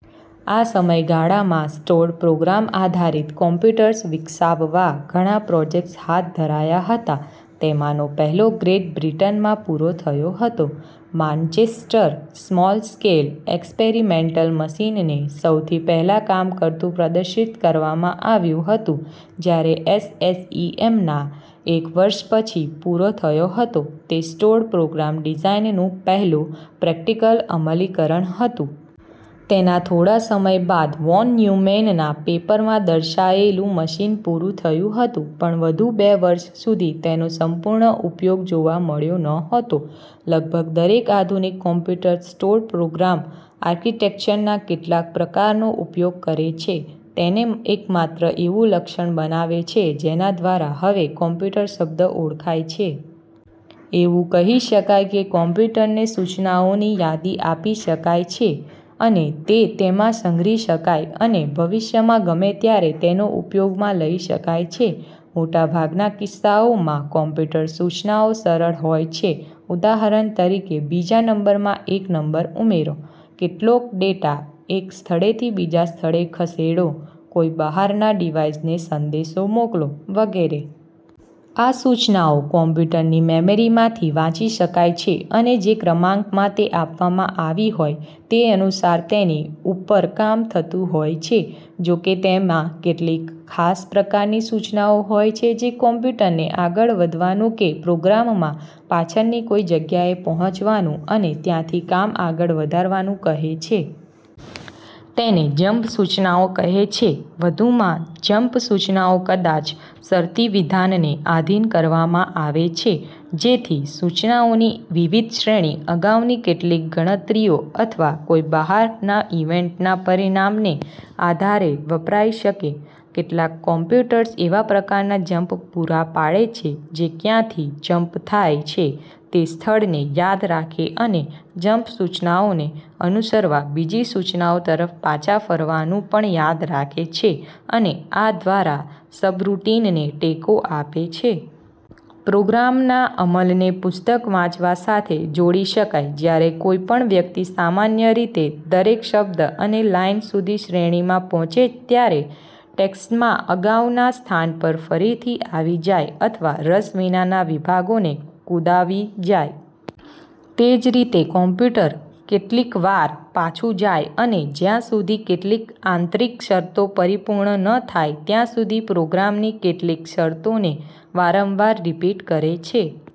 આ સમયગાળામાં સ્ટોર્ડ-પ્રોગ્રામ આધારિત કમ્પ્યુટર્સ વિકસાવવા ઘણાં પ્રોજેક્ટ્સ હાથ ધરાયા હતા, તેમાંનો પહેલો ગ્રેટ બ્રિટનમાં પુરો થયો હતો. માન્ચેસ્ટર સ્મોલ-સ્કેલ એક્સપેરિમેન્ટલ મશીન ને સૌથી પહેલા કામ કરતું પ્રદર્શિત કરવામાં આવ્યું હતું, જ્યારે SSEMનાં એક વર્ષ પછી પુરો થયો હતો, તે સ્ટોર્ડ પ્રોગ્રામ ડિઝાઇનનું પહેલું પ્રેક્ટિકલ અમલીકરણ હતું. તેના થોડા સમય બાદ વોન ન્યુમેનના પેપરમાં દર્શાવાયેલુ મશીન પુરૂ થયું હતું પણ વધુ બે વર્ષ સુધી તેનો સંપૂર્ણ ઉપયોગ જોવા મળ્યો નહોતો. લગભગ દરેક આધુનિક કમ્પ્યુટર્સ સ્ટોર્ડ પ્રોગ્રામ આર્કિટેક્ચરના કેટલાંક પ્રકારનો ઉપયોગ કરે છે, તેને એકમાત્ર એવુ લક્ષણ બનાવે છે જેના દ્વારા હવે "કમ્પ્યુટર" શબ્દ ઓળખાય છે. એવુ કહી શકાય કે કમ્પ્યુટરને સૂચનાઓની યાદી આપી શકાય છે અને તે તેમાં સંગ્રહી શકાય અને ભવિષ્યમાં ગમે ત્યારે તેને ઉપયોગમાં લઇ શકાય છે. મોટાભાગના કિસ્સાઓમાં, કમ્પ્યુટર સૂચનાઓ સરળ હોય છે. ઉદાહરણ તરીકે બીજા નંબરમાં એક નંબર ઉમેરો, કેટલોક ડેટા એક સ્થળેથી બીજા સ્થળે ખસેડો, કોઇ બહાર ના ડિવાઇસ ને સંદેશો મોકલો, વગેરે. આ સૂચનાઓ કમ્પ્યુટરની મેમરી માંથી વાંચી શકાય છે અને જે ક્રમાંકમાં તે આપવામાં આવી હોય તે અનુસાર તેની ઉપર કામ થતું હોય છે. જોકે, તેમાં કેટલીક ખાસ પ્રકારની સૂચનાઓ હોય છે જે કમ્પ્યુટરને આગળ વધવાનું કે પ્રોગ્રામમાં પાછળની કોઇ જગ્યાએ પહોચવાનું અને ત્યાંથી કામ આગળ વધારવાનું કહે છે. તેને "જમ્પ" સૂચનાઓ કહે છે. વધુમાં, જમ્પ સૂચનાઓ કદાચ શરતી વિધાનને આધિન કરવામાં આવે છે જેથી સૂચનાઓની વિવિધ શ્રેણી અગાઉની કેટલીક ગણતરીઓ અથવા કોઇ બહાર ના ઇવેન્ટ ના પરિણામને આધારે વપરાઇ શકે. કેટલાંક કમ્પ્યુટર્સ એવા પ્રકારના જમ્પ પુરા પાડે છે જે ક્યાંથી જમ્પ થાય છે તે સ્થળને યાદ રાખે અને જમ્પ સૂચનાઓને અનુસરવા બીજી સૂચનાઓ તરફ પાછા ફરવાનું પણ યાદ રાખે છે અને આ દ્વારા સબરૂટિનને ટેકો આપે છે. પ્રોગ્રામના અમલને પુસ્તક વાંચવા સાથે જોડી શકાય. જ્યારે કોઇ પણ વ્યક્તિ સામાન્ય રીતે દરેક શબ્દ અને લાઇન સુધી શ્રેણીમાં પહોંચે ત્યારે, ટેક્સ્ટમાં અગાઉના સ્થાન પર ફરીથી આવી જાય અથવા રસ વિનાના વિભાગોને કૂદાવી જાય. તેજ રીતે કમ્પ્યુટર કેટલીકવાર પાછુ જાય અને જ્યા સુધી કેટલીક આંતરિક શરતો પરિપૂર્ણ ન થાય ત્યા સુધી પ્રોગ્રામની કેટલીક શરતોને વારંવાર રીપીટ કરે છે.